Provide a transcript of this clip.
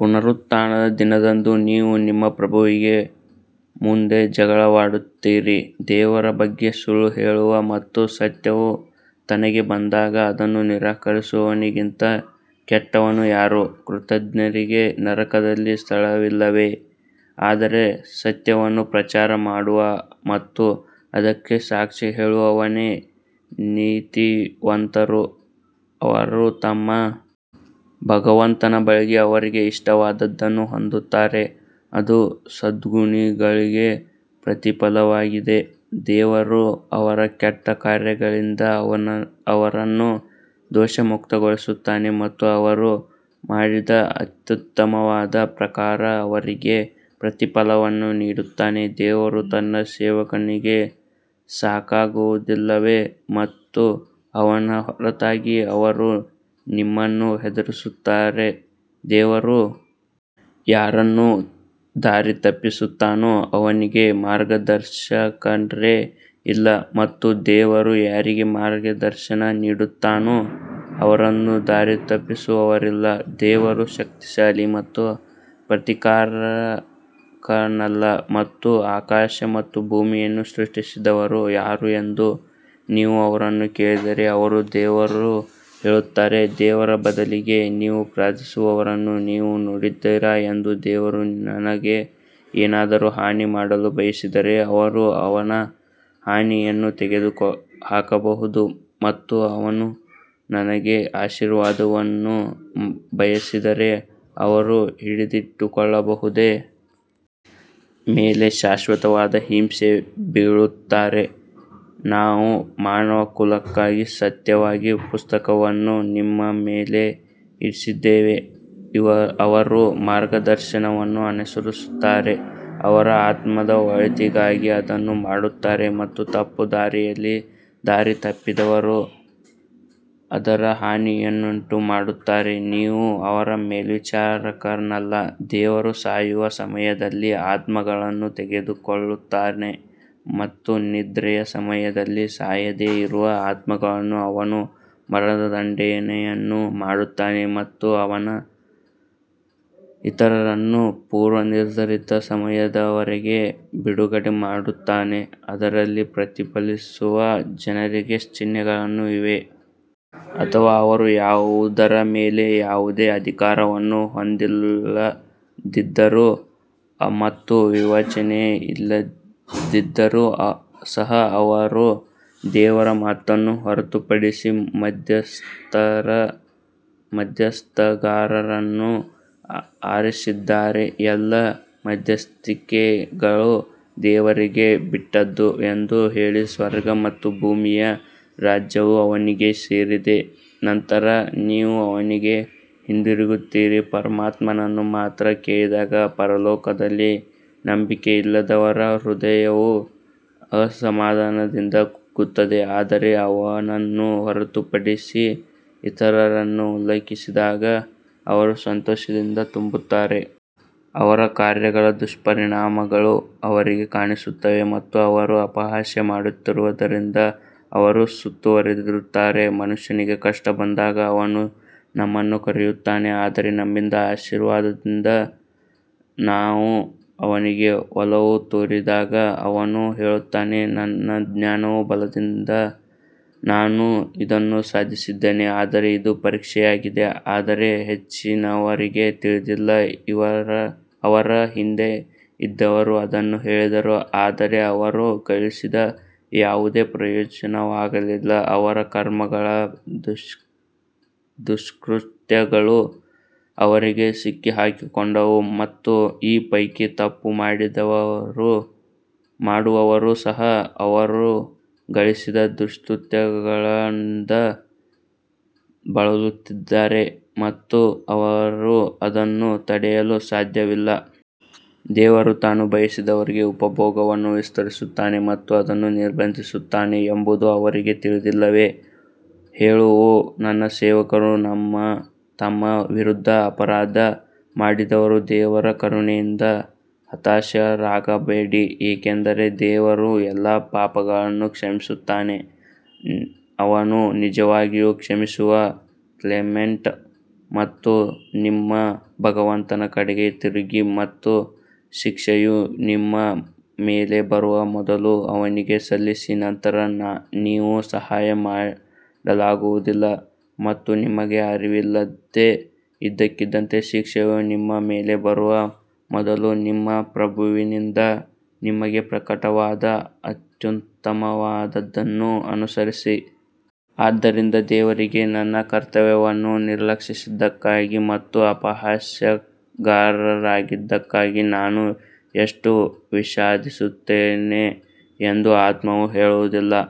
ಪುನರುತ್ಥಾನದ ದಿನದಂದು ನೀವು ನಿಮ್ಮ ಪ್ರಭುವಿನ ಮುಂದೆ ಜಗಳವಾಡುತ್ತೀರಿ ದೇವರ ಬಗ್ಗೆ ಸುಳ್ಳು ಹೇಳುವ ಮತ್ತು ಸತ್ಯವು ತನಗೆ ಬಂದಾಗ ಅದನ್ನು ನಿರಾಕರಿಸುವವನಿಗಿಂತ ಕೆಟ್ಟವನು ಯಾರು? ಕೃತಘ್ನರಿಗೆ ನರಕದಲ್ಲಿ ಸ್ಥಳವಿಲ್ಲವೇ? ಆದರೆ ಸತ್ಯವನ್ನು ಪ್ರಚಾರ ಮಾಡುವ ಮತ್ತು ಅದಕ್ಕೆ ಸಾಕ್ಷಿ ಹೇಳುವವನೇ ನೀತಿವಂತರು ಅವರು ತಮ್ಮ ಭಗವಂತನ ಬಳಿ ಅವರಿಗೆ ಇಷ್ಟವಾದದ್ದನ್ನು ಹೊಂದುತ್ತಾರೆ, ಅದು ಸದ್ಗುಣಿಗಳಿಗೆ ಪ್ರತಿಫಲವಾಗಿದೆ ದೇವರು ಅವರ ಕೆಟ್ಟ ಕಾರ್ಯಗಳಿಂದ ಅವರನ್ನು ದೋಷಮುಕ್ತಗೊಳಿಸುತ್ತಾನೆ ಮತ್ತು ಅವರು ಮಾಡಿದ ಅತ್ಯುತ್ತಮವಾದ ಪ್ರಕಾರ ಅವರಿಗೆ ಪ್ರತಿಫಲವನ್ನು ನೀಡುತ್ತಾನೆ ದೇವರು ತನ್ನ ಸೇವಕನಿಗೆ ಸಾಕಾಗುವುದಿಲ್ಲವೇ ಮತ್ತು ಅವನ ಹೊರತಾಗಿ ಅವರು ನಿಮ್ಮನ್ನು ಹೆದರಿಸುತ್ತಾರೆ, ದೇವರು ಯಾರನ್ನು ದಾರಿತಪ್ಪಿಸುತ್ತಾನೋ ಅವನಿಗೆ ಮಾರ್ಗದರ್ಶಕರೇ ಇಲ್ಲ ಮತ್ತು ದೇವರು ಯಾರಿಗೆ ಮಾರ್ಗದರ್ಶನ ನೀಡುತ್ತಾನೋ ಅವರನ್ನು ದಾರಿತಪ್ಪಿಸುವವರಿಲ್ಲ, ದೇವರು ಶಕ್ತಿಶಾಲಿ ಮತ್ತು ಪ್ರತೀಕಾರಕನಲ್ಲ ಮತ್ತು ಆಕಾಶ ಮತ್ತು ಭೂಮಿಯನ್ನು ಸೃಷ್ಟಿಸಿದವರು ಯಾರು ಎಂದು ನೀವು ಅವರನ್ನು ಕೇಳಿದರೆ, ಅವರು ದೇವರು ಹೇಳುತ್ತಾರೆ, ದೇವರ ಬದಲಿಗೆ ನೀವು ಪ್ರಾರ್ಥಿಸುವವರನ್ನು ನೀವು ನೋಡಿದ್ದೀರಾ ಎಂದು ದೇವರು ನನಗೆ ಏನಾದರೂ ಹಾನಿ ಮಾಡಲು ಬಯಸಿದರೆ ಅವರು ಅವನ ಹಾನಿಯನ್ನು ತೆಗೆದುಹಾಕಬಹುದೇ ಮತ್ತು ಅವನು ನನಗೆ ಆಶೀರ್ವಾದವನ್ನು ಬಯಸಿದರೆ ಅವರು ಹಿಡಿದಿಟ್ಟುಕೊಳ್ಳಬಹುದೇ? ಮೇಲೆ ಶಾಶ್ವತವಾದ ಹಿಂಸೆ ಬೀಳುತ್ತಾರೆ ನಾವು ಮಾನವಕುಲಕ್ಕಾಗಿ ಸತ್ಯವಾಗಿ ಪುಸ್ತಕವನ್ನು ನಿಮ್ಮ ಮೇಲೆ ಇಳಿಸಿದ್ದೇವೆ, ಅವರು ಮಾರ್ಗದರ್ಶನವನ್ನು ಅನುಸರಿಸುತ್ತಾರೆ ಅವರ ಆತ್ಮದ ಒಳಿತಿಗಾಗಿ ಅದನ್ನು ಮಾಡುತ್ತಾರೆ ಮತ್ತು ತಪ್ಪುದಾರಿಯಲ್ಲಿ ದಾರಿತಪ್ಪಿದವರು ಅದರ ಹಾನಿಯನ್ನುಂಟುಮಾಡುತ್ತಾರೆ ನೀವು ಅವರ ಮೇಲ್ವಿಚಾರಕನಲ್ಲ ದೇವರು ಸಾಯುವ ಸಮಯದಲ್ಲಿ ಆತ್ಮಗಳನ್ನು ತೆಗೆದುಕೊಳ್ಳುತ್ತಾನೆ ಮತ್ತು ನಿದ್ರೆಯ ಸಮಯದಲ್ಲಿ ಸಾಯದೆ ಇರುವ ಆತ್ಮಗಳನ್ನು ಅವನು ಮರಣದಂಡನೆಯನ್ನು ಮಾಡುತ್ತಾನೆ ಮತ್ತು ಅವನು ಇತರರನ್ನು ಪೂರ್ವನಿರ್ಧರಿತ ಸಮಯದವರೆಗೆ ಬಿಡುಗಡೆ ಮಾಡುತ್ತಾನೆ, ಅದರಲ್ಲಿ ಪ್ರತಿಫಲಿಸುವ ಜನರಿಗೆ ಚಿಹ್ನೆಗಳು ಇವೆ. ಅಥವಾ ಅವರು ಯಾವುದರ ಮೇಲೆ ಯಾವುದೇ ಅಧಿಕಾರವನ್ನು ಹೊಂದಿಲ್ಲದಿದ್ದರೂ ಮತ್ತು ವಿವೇಚನೆಯಿಲ್ಲದಿದ್ದರೂ ಸಹ ಅವರು ದೇವರ ಮಾತನ್ನು ಹೊರತುಪಡಿಸಿ ಮಧ್ಯಸ್ಥಗಾರರನ್ನು ಆರಿಸಿದ್ದಾರೆ ಎಲ್ಲಾ ಮಧ್ಯಸ್ಥಿಕೆಗಳು ದೇವರಿಗೆ ಬಿಟ್ಟದ್ದು ಎಂದು ಹೇಳಿ ಸ್ವರ್ಗ ಮತ್ತು ಭೂಮಿಯ ರಾಜ್ಯವು ಅವನಿಗೆ ಸೇರಿದೆ ನಂತರ ನೀವು ಅವನಿಗೆ ಹಿಂತಿರುಗುತ್ತೀರಿ ಪರಮಾತ್ಮನನ್ನು ಮಾತ್ರ ಹೇಳಿದಾಗ ಪರಲೋಕದಲ್ಲಿ ನಂಬಿಕೆಯಿಲ್ಲದವರ ಹೃದಯವು ಅಸಮಾಧಾನದಿಂದ ಕುಗ್ಗುತ್ತದೆ ಆದರೆ ಅವನನ್ನು ಹೊರತುಪಡಿಸಿ ಇತರರನ್ನು ಉಲ್ಲೇಖಿಸಿದಾಗ ಅವರು ಸಂತೋಷದಿಂದ ತುಂಬುತ್ತಾರೆ. ಅವರ ಕಾರ್ಯಗಳ ದುಷ್ಪರಿಣಾಮಗಳು ಅವರಿಗೆ ಕಾಣಿಸುತ್ತವೆ ಮತ್ತು ಅವರು ಅಪಹಾಸ್ಯ ಮಾಡುತ್ತಿದ್ದರಿಂದ ಅವರು ಸುತ್ತುವರೆದಿರುತ್ತಾರೆ. ಮನುಷ್ಯನಿಗೆ ಕಷ್ಟ ಬಂದಾಗ ಅವನು ನಮ್ಮನ್ನು ಕರೆಯುತ್ತಾನೆ ಆದರೆ ನಮ್ಮಿಂದ ಆಶೀರ್ವಾದದಿಂದ ನಾವು ಅವನಿಗೆ ಒಲವು ತೋರಿದಾಗ ಅವನು ಹೇಳುತ್ತಾನೆ ನನ್ನ ಜ್ಞಾನದ ಬಲದಿಂದ ನಾನು ಇದನ್ನು ಸಾಧಿಸಿದ್ದೇನೆ ಆದರೆ ಇದು ಪರೀಕ್ಷೆಯಾಗಿದೆ ಆದರೆ ಹೆಚ್ಚಿನವರಿಗೆ ತಿಳಿದಿಲ್ಲ ಅವರ ಹಿಂದೆ ಇದ್ದವರು ಅದನ್ನು ಹೇಳಿದರು ಆದರೆ ಅವರು ಗಳಿಸಿದ ಯಾವುದೇ ಪ್ರಯೋಜನವಾಗಲಿಲ್ಲ ಅವರ ಕರ್ಮಗಳ ದುಷ್ಕೃತ್ಯಗಳು ಅವರಿಗೆ ಸಿಕ್ಕಿಹಾಕಿಕೊಂಡವು ಮತ್ತು ಈ ಪೈಕಿ ತಪ್ಪು ಮಾಡುವವರು ಸಹ ಅವರು ಗಳಿಸಿದ ದುಷ್ಕೃತ್ಯಗಳಿಂದ ಬಳಲುತ್ತಿದ್ದಾರೆ ಮತ್ತು ಅವರು ಅದನ್ನು ತಡೆಯಲು ಸಾಧ್ಯವಿಲ್ಲ. ದೇವರು ತಾನು ಬಯಸಿದವರಿಗೆ ಉಪಭೋಗವನ್ನು ವಿಸ್ತರಿಸುತ್ತಾನೆ ಮತ್ತು ಅದನ್ನು ನಿರ್ಬಂಧಿಸುತ್ತಾನೆ ಎಂಬುದು ಅವರಿಗೆ ತಿಳಿದಿಲ್ಲವೇ? ಹೇಳು ಓ ನನ್ನ ಸೇವಕರು ತಮ್ಮ ವಿರುದ್ಧ ಅಪರಾಧ ಮಾಡಿದವರು ದೇವರ ಕರುಣೆಯಿಂದ ಹತಾಶರಾಗಬೇಡಿ ಏಕೆಂದರೆ ದೇವರು ಎಲ್ಲಾ ಪಾಪಗಳನ್ನು ಕ್ಷಮಿಸುತ್ತಾನೆ, ಅವನು ನಿಜವಾಗಿಯೂ ಕ್ಷಮಿಸುವ ಕ್ಲೆಮೆಂಟ್ ಮತ್ತು ನಿಮ್ಮ ಭಗವಂತನ ಕಡೆಗೆ ತಿರುಗಿ ಮತ್ತು ಶಿಕ್ಷೆಯು ನಿಮ್ಮ ಮೇಲೆ ಬರುವ ಮೊದಲು ಅವನಿಗೆ ಸಲ್ಲಿಸಿ ನಂತರ ನೀವು ಸಹಾಯ ಮಾಡಲಾಗುವುದಿಲ್ಲ ಮತ್ತು ನಿಮಗೆ ಅರಿವಿಲ್ಲದೆ ಇದ್ದಕ್ಕಿದ್ದಂತೆ ಶಿಕ್ಷೆಯು ನಿಮ್ಮ ಮೇಲೆ ಬರುವ ಮೊದಲು ನಿಮ್ಮ ಪ್ರಭುವಿನಿಂದ ನಿಮಗೆ ಪ್ರಕಟವಾದ ಅತ್ಯುತ್ತಮವಾದದ್ದನ್ನು ಅನುಸರಿಸಿ. ಆದ್ದರಿಂದ ದೇವರಿಗೆ ನನ್ನ ಕರ್ತವ್ಯವನ್ನು ನಿರ್ಲಕ್ಷಿಸಿದ್ದಕ್ಕಾಗಿ ಮತ್ತು ಅಪಹಾಸ್ಯಗಾರರಾಗಿದ್ದಕ್ಕಾಗಿ ನಾನು ಎಷ್ಟು ವಿಷಾದಿಸುತ್ತೇನೆ ಎಂದು ಆತ್ಮವು ಹೇಳುವುದಿಲ್ಲ.